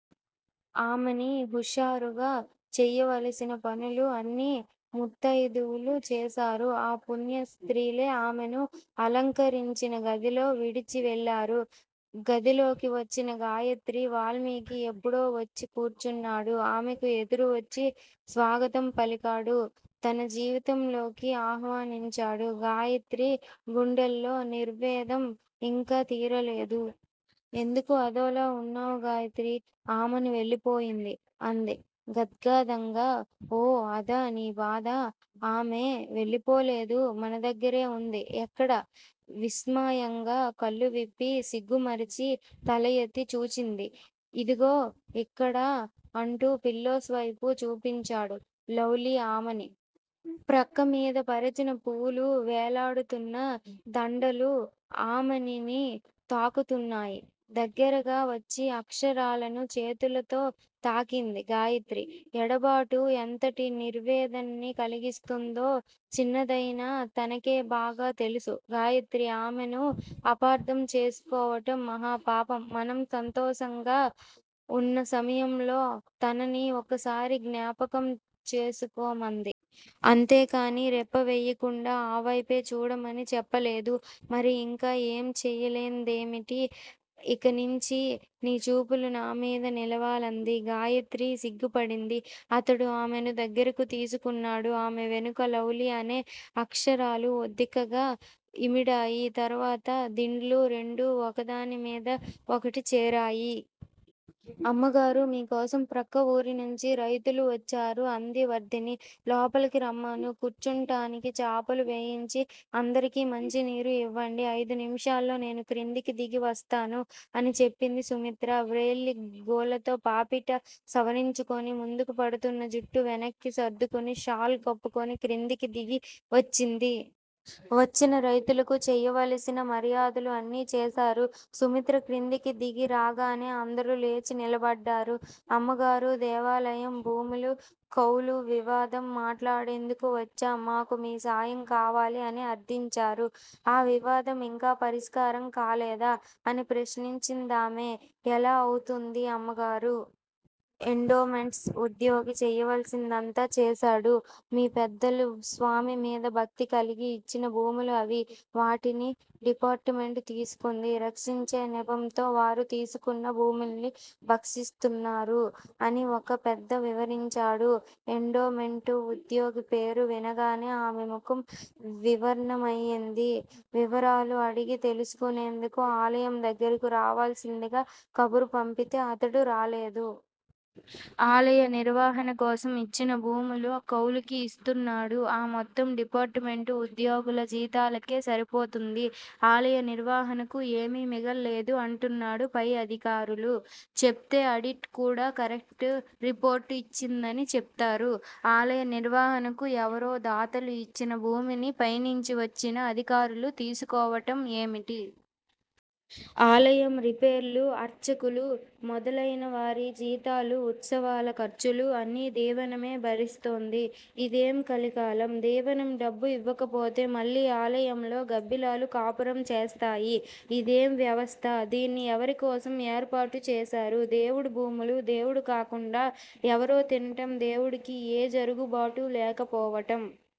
ఆమని హుషారుగా చేయవలసిన పనులు అన్నీ ముత్తయిదువలు చేశారు. ఆ పుణ్య స్త్రీలే ఆమెను అలంకరించిన గదిలో విడచి వెళ్ళారు. గదిలోకి వచ్చింది గాయత్రి. వాల్మీకి ఎప్పుడో వచ్చి కూర్చున్నాడు. ఆమెకు ఎదురు వచ్చి స్వాగతం పలికాడు! తన జీవితంలోకి ఆహ్వానించాడు. గాయత్రి గుండెల్లో నిర్వేదం ఇంకా తీరలేదు. ఎందుకు అదోలా వున్నావు గాయత్రీ! ఆమని వెళ్ళిపోయింది అంది గాద్గదంగా! ఓ అదా నీ బాధ! ఆమె వెళ్ళిపోలేదు మనదగ్గరే వుంది! ఎక్కడ? విస్మయంగా కళ్ళు విప్పి సిగ్గు మరచి తలఎత్తి చూచింది. ఇదిగో ఇక్కడ అంటూ పిల్లోస్ వైపు చూపించాడు. లవ్ లీ ఆమని! ప్రక్కమీద పరచిన పూలు వ్రేలాడుతున్న దండలు ఆమని ని తాకుతున్నాయి. దగ్గరగా వచ్చి అక్షరాలను చేతులతో తాకింది గాయత్రి. ఎడబాటు ఎంతటి నిర్వేదాన్ని కలిగిస్తుందో చిన్నదయినా తనకే బాగా తెలుసు గాయత్రీ! ఆమెను అపార్ధం చేసుకోవటం మహాపాపం! మనం సంతోషంగా వున్న సమయంలో తనని ఒక్కసారి జ్ఞాపకం చేసుకోమంది. అంతేకాని రెప్పవేయకుండా ఆవైపే చూడమని చెప్పలేదు మరి ఇంకా ఏం చేయలందేమిటి? ఇకనించి నీ చూపులు నామీద నిలవాలంది. గాయత్రి సిగ్గుపడింది. అతడు ఆమెను దగ్గరకు తీసుకున్నాడు. ఆమె వెనుక లవ్ లీ అనే అక్షరాలు ఒద్దికగా ఇమిడాయి. తరువాత దిండ్లు రెండు ఒకదానిమీద ఒకటి చేరాయి. అమ్మగారూ! మీకోసం ప్రక్కఊరినుంచి రైతులు వచ్చారు అంది వర్ధని. లోపలకు రమ్మను! కూర్చుంటానికి చాపలు వేయించి అందరికి మంచినీరు ఇవ్వండి. అయిదు నిముషాల్లో నేను క్రిందికి దిగి వస్తాను అని చెప్పింది సుమిత్ర. వ్రేలిగోళ్ళతో పాపిట సవరించుకుని ముందుకు పడుతున్న జుట్టు వెనక్కి సర్దుకుని షాల్ కప్పుకుని క్రిందికి దిగి వచ్చింది. వచ్చిన రైతులకు చేయవలసిన మర్యాదలు అన్నీ చేశారు. సుమిత్ర క్రిందికి దిగి రాగానే అందరూ లేచి నిలబడ్డారు. అమ్మగారూ! దేవాలయం భూములు కౌలువివాదం మాటాడేందుకు వచ్చాం మాకు మీ సాయం కావాలి! అని అర్దించారు. ఆ వివాదం ఇంకా పరిష్కారం కాలేదా? అని ప్రశ్నించిందామె. ఎలా అవుతుంది అమ్మగారూ! ఎండోమెంట్స్ ఉద్యోగి చేయవలసినదంతా చేశాడు. మీ పెద్దలు స్వామిమీద భక్తి కలిగి ఇచ్చిన భూములు అవి! వాటిని డిపార్టుమెంటు తీసుకుంది. రక్షించే నెపంతో వారు తీసుకున్న భూముల్ని భక్షిస్తున్నారు అని ఒక పెద్ద వివరించాడు. ఎండోమెంటు ఉద్యోగి పేరు వినగానే ఆమె ముఖం వివర్ణమయింది. వివరాలు అడిగి తెలుసుకునేందుకు ఆలయం దగ్గరకు రావలసిందిగా కబురు పంపితే అతడు రాలేదు. ఆలయ నిర్వహణకోసం ఇచ్చిన భూములు కౌళ్ళకి యిస్తున్నాడు. ఆ మొత్తం డిపార్టుమెంటు ఉద్యోగుల జీతాలకే సరిపోతోంది. ఆలయ నిర్వహణకు ఏమీ మిగలలేదు అంటున్నాడు. పై అధికారులు చెప్తే ఆడిట్ కూడా కరెక్ట్ రిపోర్ట్ ఇచ్చిందని చెప్తారు. ఆలయ నిర్వహణకు ఎవరో దాతలు ఇచ్చిన భూమిని పైనించి వచ్చిన అధికారులు తీసుకోవటం ఏమిటి? ఆలయం రిపేర్లు అర్చకులు మొదలయిన వారి జీతాలు ఉత్సవాల ఖర్చులు అన్నీ దివాణమే భరిస్తోంది. ఇదేం కలికాలం! దివాణం డబ్బు ఇవ్వకపోతే మళ్ళీ ఆలయంలో గబ్బిలాలు కాపురం చేస్తాయి. ఇదేం వ్యవస్థ! దీన్ని ఎవరికోసం ఏర్పాటుచేశారు. దేవుడి భూములు దేవుడు కాకుండా ఎవరో తినటం, దేవుడికి ఏ జరుగుబాటూ లేకపోవటం!